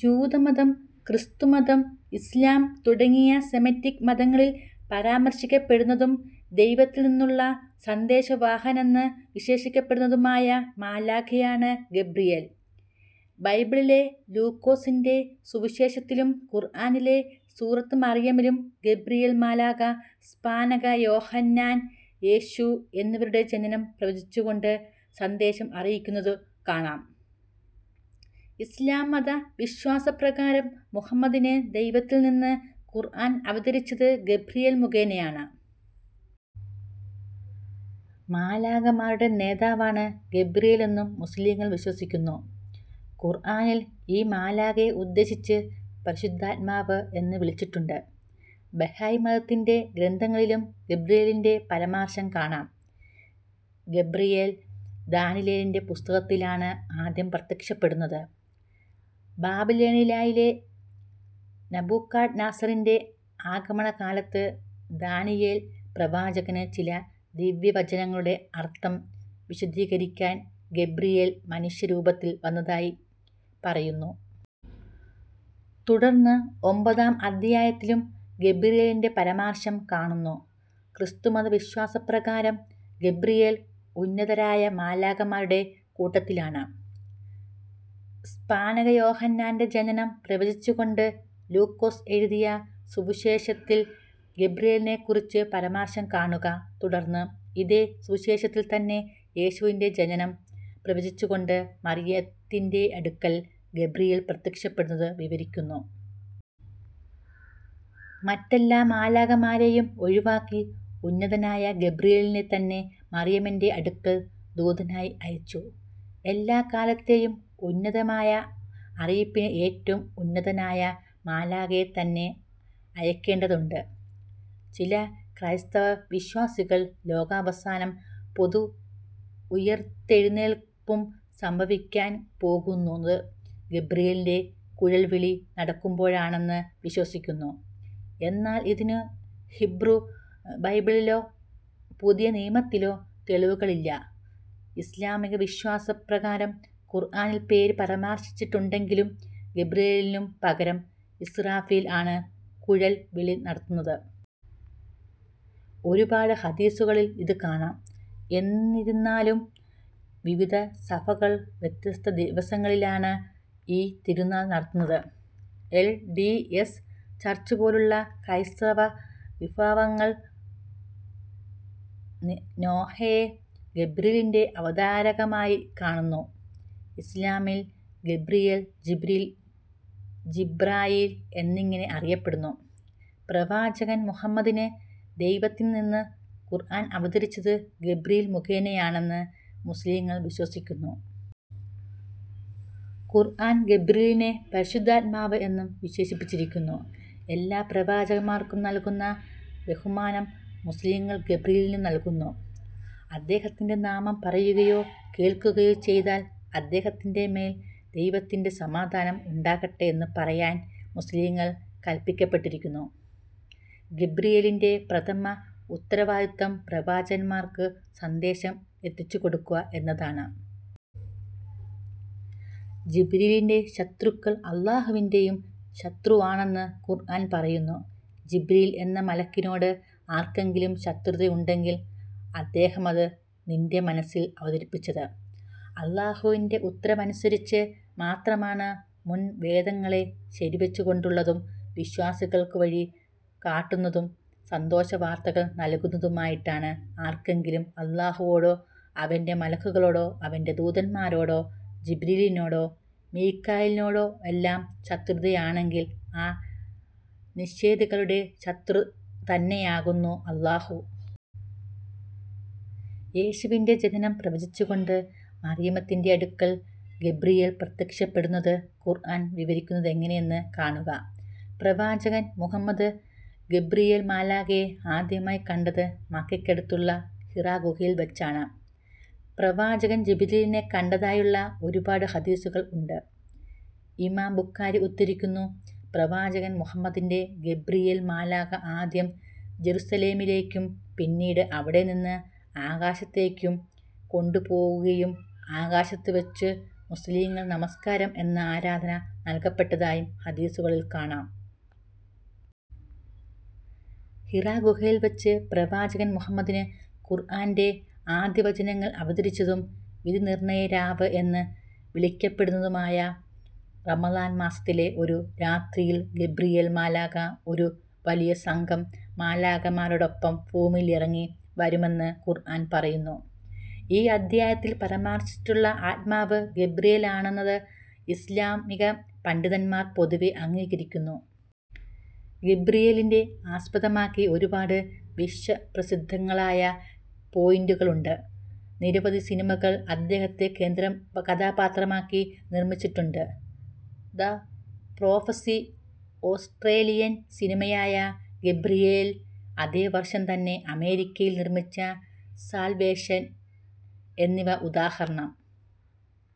ജൂതമതം, ക്രിസ്തുമതം, ഇസ്ലാം തുടങ്ങിയ സെമിറ്റിക് മതങ്ങളിൽ പരാമർശിക്കപ്പെടുന്നതും ദൈവത്തിൽ നിന്നുള്ള സന്ദേശവാഹകനെന്ന് വിശേഷിപ്പിക്കപ്പെടുന്നതുമായ മാലാഖയാണ് ഗബ്രിയേൽ. ബൈബിളിലെ ലൂക്കോസിന്റെ സുവിശേഷത്തിലും ഖുർആനിലെ സൂറത്തു മർയമിലും ഗബ്രിയേൽ മാലാഖ സ്നാപക യോഹന്നാൻ, യേശു എന്നിയരുടെ ജനനം പ്രവചിച്ചുകോണ്ട് സന്ദേശം അറിയിക്കുന്നതു കാണാം. ഇസ്ലാം മത വിശ്വാസ പ്രകാരം മുഹമ്മദിന് ദൈവത്തിൽ നിന്ന് ഖുർആൻ അവതരിച്ചത് ഗബ്രിയേൽ മുഖേനയാണ്. മാലാഖമാരുടെ നേതാവാണ് ഗബ്രിയേലെന്നും മുസ്ലിംകൾ വിശ്വസിക്കുന്നു. ഖുർആനിൽ ഈ മാലാഖയെ ഉദ്ദേശിച്ച് ' പരിശുദ്ധാത്മാവ് ' എന്ന് വിളിച്ചിട്ടുണ്ട്. ബഹായി മതത്തിന്റെ ഗ്രന്ഥങ്ങളിലും ഗബ്രിയേലിന്റെ പരാമർശം കാണാം. ഗബ്രയേൽ ദാനിയേലിന്റെ പുസ്തകത്തിലാണ്ആദ്യം പ്രത്യക്ഷപ്പെടുന്നത്. ബാബിലോണിയായിലെ നബുക്കഡ്നസറിന്റെ ആകമണ കാലത്ത് ദാനിയേൽ പ്രവാചകന് ചില ദിവ്യവചനങ്ങളുടെ അർത്ഥം വിശദീകരിക്കൻ ഗബ്രായേൽ മനുഷ്യ രൂപത്തിൽ വന്നതായി പറയുന്നു. തുടർന്ന് ഒമ്പതാം അദ്ധ്യായത്തിലും ഗബ്രിയേലിന്റെ പരാമർശം കാണുന്നു. ക്രിസ്തുമത വിശ്വാസപ്രകാരം ഗബ്രയേൽ ഉന്നതരായ മാലാഖമാരുടെ കൂട്ടത്തിലാണ്. സ്നാപക യോഹന്നനിന്റെ ജനനം പ്രവചിച്ചുകൊണ്ട് ലൂക്കോസ് എഴുതിയ സുവിശേഷത്തിൽ ഗബ്രിയേലിനെക്കുറിച്ച പരാമർശം കാണുക: തുടർന്ന് ഇതേ സുവുശേഷത്തിൽ തന്നെ യേശുവിന്റെ ജനനം പ്രവചിച്ചുകൊണ്ട് മറിയത്തിന്റെയടുക്കൽ ഗബ്രിയേൽ പ്രത്യക്ഷപ്പെടുന്നത് വിവരിക്കുന്നു. മറ്റെല്ലാ മാലാഖമാരേയും ഒഴിവാക്കി ഉന്നതനായ ഗബ്രയേലിനെ തന്നെ മറിയമിന്റെ അടുക്കൽ ദൂതനായി അയച്ചു. എല്ലാ കാലത്തേയും ഉന്നതമായ അറിയിപ്പിന് ഏറ്റവും ഉന്നതനായ മാലാഖയെത്തന്നെ അയക്കേണ്ടതുണ്ട്. ചില ക്രൈസ്തവ വിശ്വാസികൾ ലോകാവസാനവും പൊതുഉയിർത്തെഴുന്നേൽപ്പും സംഭവിക്കാൻ പോകുന്നത് ഗബ്രിയേലിന്റെ കുഴൽവിളി നടക്കുമ്പോഴാണെന്ന് വിശ്വസിക്കുന്നു, എന്നാൽ ഇതിന് ഹീബ്രു ബൈബിളിലോ പുതിയനിയമത്തിലോ തെളിവുകളില്ല ഇസ്ലാമിക വിശ്വാസ പ്രകാരം, ഖുർആനിൽ പേര് പരാമർശിച്ചിട്ടില്ലെങ്കിലും, ഗബ്രിയേലിനു പകരം ഇസ്റാഫീൽ ആണ് കുഴൽ വിളി നടത്തുന്നത്. ഒരുപാട് ഹദീസുകളിൽ ഇതു കാണാം. എന്നിരുന്നാലും വിവിധ സഭകൾ വ്യത്യസ്ത്ഥ ദിവസങ്ങളിലാണ് ഈ തിരുനാൾ നടത്തുന്നത്. എൽ. ഡി. എസ്. ചർച്ചുപോലുള്ള കൈസ്തവ വിഭാഗങ്ങൾ നോഹയെ ഗബ്രിയേലിന്റെ അവതാരമായിക്കാണുന്നു. ഇസ്ലാമിൽ ഗബ്രിയേൽ, ജിബ്രീൽ, ജിബ്രായീൽ എന്നിങ്ങനെ അറിയപ്പെടുന്നു. പ്രവാചകൻ മുഹമ്മദിന് ദൈവത്തിൽ നിന്ന് ഖുർആൻ അവതരിച്ചത് ഗബ്രിയേൽ മുഖേനയാണെന്ന് മുസ്ലിംകൾ വിശ്വസിക്കുന്നു. ഖുർആൻ ഗബ്രയേലിനെ പരിശുദ്ധാത്മാവ് എന്നു വിശേഷിപ്പിച്ചിരിക്കുന്നു. എല്ലാ പ്രവാചകന്മാർക്കും നൽകുന്ന ബഹുമാനം മുസ്ലിംകൾ ഗബ്രയേലിനും നൽകുന്നു. അദ്ദേഹത്തിന്റെ നാമം പറയുകയോ കേൾക്കുകയോ ചെയ്താൽ അദ്ദേഹത്തിന്റെ മേൽ ദൈവത്തിന്റെ സമാധാനം ഉണ്ടാകട്ടെ എന്നു പറയാൻ മുസ്ലിംകൾ കൽപിക്കപ്പെട്ടിരിക്കുന്നു. ഗബ്രിയേലിന്റെ പ്രഥമ ഉത്തരവാദിത്തം പ്രവാചകന്മാർക്ക് സന്ദേശങ്ങൾ എത്തിച്ചുകൊടുക്കുക എന്നതാണ്. ജിബ്രീലിന്റെ ശത്രുക്കൾ അല്ലാഹുവിന്റേയും ശത്രുവാണെന്ന് ഖുർആൻ പറയുന്നു: ജിബ്രീൽ എന്ന മലക്കിനോടാണ് ആർക്കെങ്കിലും ശത്രുതയെങ്കിൽ അദ്ദേഹമത് നിന്റെ മനസ്സിൽ അവതരിപ്പിച്ചത് അല്ലാഹുവിന്റെ ഉത്തരവനുസരിച്ച് മാത്രമാണ്. മുൻവേദങ്ങളെ ശരിവെച്ചുകൊണ്ടുള്ളതും, വിശ്വാസികൾക്ക് വഴി കാട്ടുന്നതും, സന്തോഷവാർത്ത നൽകുന്നതുമായിട്ടാണ്. ആർക്കെങ്കിലും അല്ലാഹുവോടും അവന്റെ മലക്കുകളോടും അവന്റെ ദൂതൻമാരോടും ജിബ്രീലിനോടും മീകാഈലിനോടുമെല്ലാം ശത്രുതയാണെങ്കിൽ ആ നിഷേധികളുടെ ശത്രുതന്നെയാകുന്നു അല്ലാഹു. യേശുവിന്റെ ജനനം പ്രവചിച്ചുകൊണ്ട് മറിയത്തിന്റെയടുക്കൽ ഗബ്രിയേൽ പ്രത്യക്ഷപ്പെടുന്നത് ഖുർആൻ വിവരിക്കുന്നതെങ്ങിനെയെന്ന് കാണുക: പ്രവാചകൻ മുഹമ്മദ് ഗബ്രിയേൽ മാലാഖയെ ആദ്യമായി കണ്ടത് മക്കക്കടുത്തുള്ള ഹിറാഗുഹയിൽ വച്ചാണ്. പ്രവാചകൻ ജിബരീലിനെ കണ്ടതായുള്ള ഒരുപാട് ഹദീഥുകൾ ഉണ്ട്. ഇമാം ബുഖാരി ഉദ്ധരിക്കുന്നു: പ്രവാചകൻ മുഹമ്മദിനെ ഗബ്രിയേൽ മാലാഖ ആദ്യം ജറുസലേമിലേക്കും പിന്നീട് അവിടെനിന്ന് ആകാശലോകത്തേയ്ക്കും കൊണ്ടുപോവുകയും ആകശലോകത്തുവച്ച് മുസ്ലിംകൾക്ക് നമസ്കാരം എന്ന ആരധന നൽകപ്പെട്ടതായും ഹദീസുകളിൽ കാണാം. ഹിറാഗുഹയിൽ വച്ച് പ്രവാചകൻ മുഹമ്മദിന് ഖുർആനിന്റെ ആദ്യവചനങ്ങൾ അവതരിച്ചതും വിധിനിർണയ രാവ് എന്നു വിളിക്കപ്പെടുന്നതുമായ റമദാൻ മാസത്തിലെ ഒരു രാത്രിയിൽ ഗബ്രിയേൽ മാലാഖ ഒരു വലിയ സംഘം മാലാഖമാരോടൊപ്പം ഭൂമിയിലെക്കിറങ്ങി വരുമെന്ന് ഖുർആൻ പറയുന്നു: ഈ അദ്ധ്യായത്തിൽ പരാമർശിച്ചിട്ടുള്ള ആത്മാവ് ഗബ്രിയേലാണെന്നത് ഇസ്ലാമിക പണ്ഡിതന്മാർ പൊതുവെ അംഗീകരിക്കുന്നു. ഗബ്രിയേലിനെ ആസ്പദമാക്കി ഒരുപാട് വിശ്വപ്രസിദ്ധങ്ങളായ പെയിന്റിങ്ങുകൾ ഉണ്ട്. നിരവധി സിനിമകൾ അദ്ദേഹത്തെ കേന്ദ്രകഥാപാത്രമാക്കി നിർമ്മിച്ചിട്ടുണ്ട്. ദ പ്രോഫസി, ഓസ്ട്രേലിയൻ സിനിമയായ ഗബ്രിയേൽ, അതേ വർഷം തന്നെ അമേരിക്കയിൽ നിർമ്മിച്ച സാൽവേഷൻ എന്നിവ ഉദാഹരണം.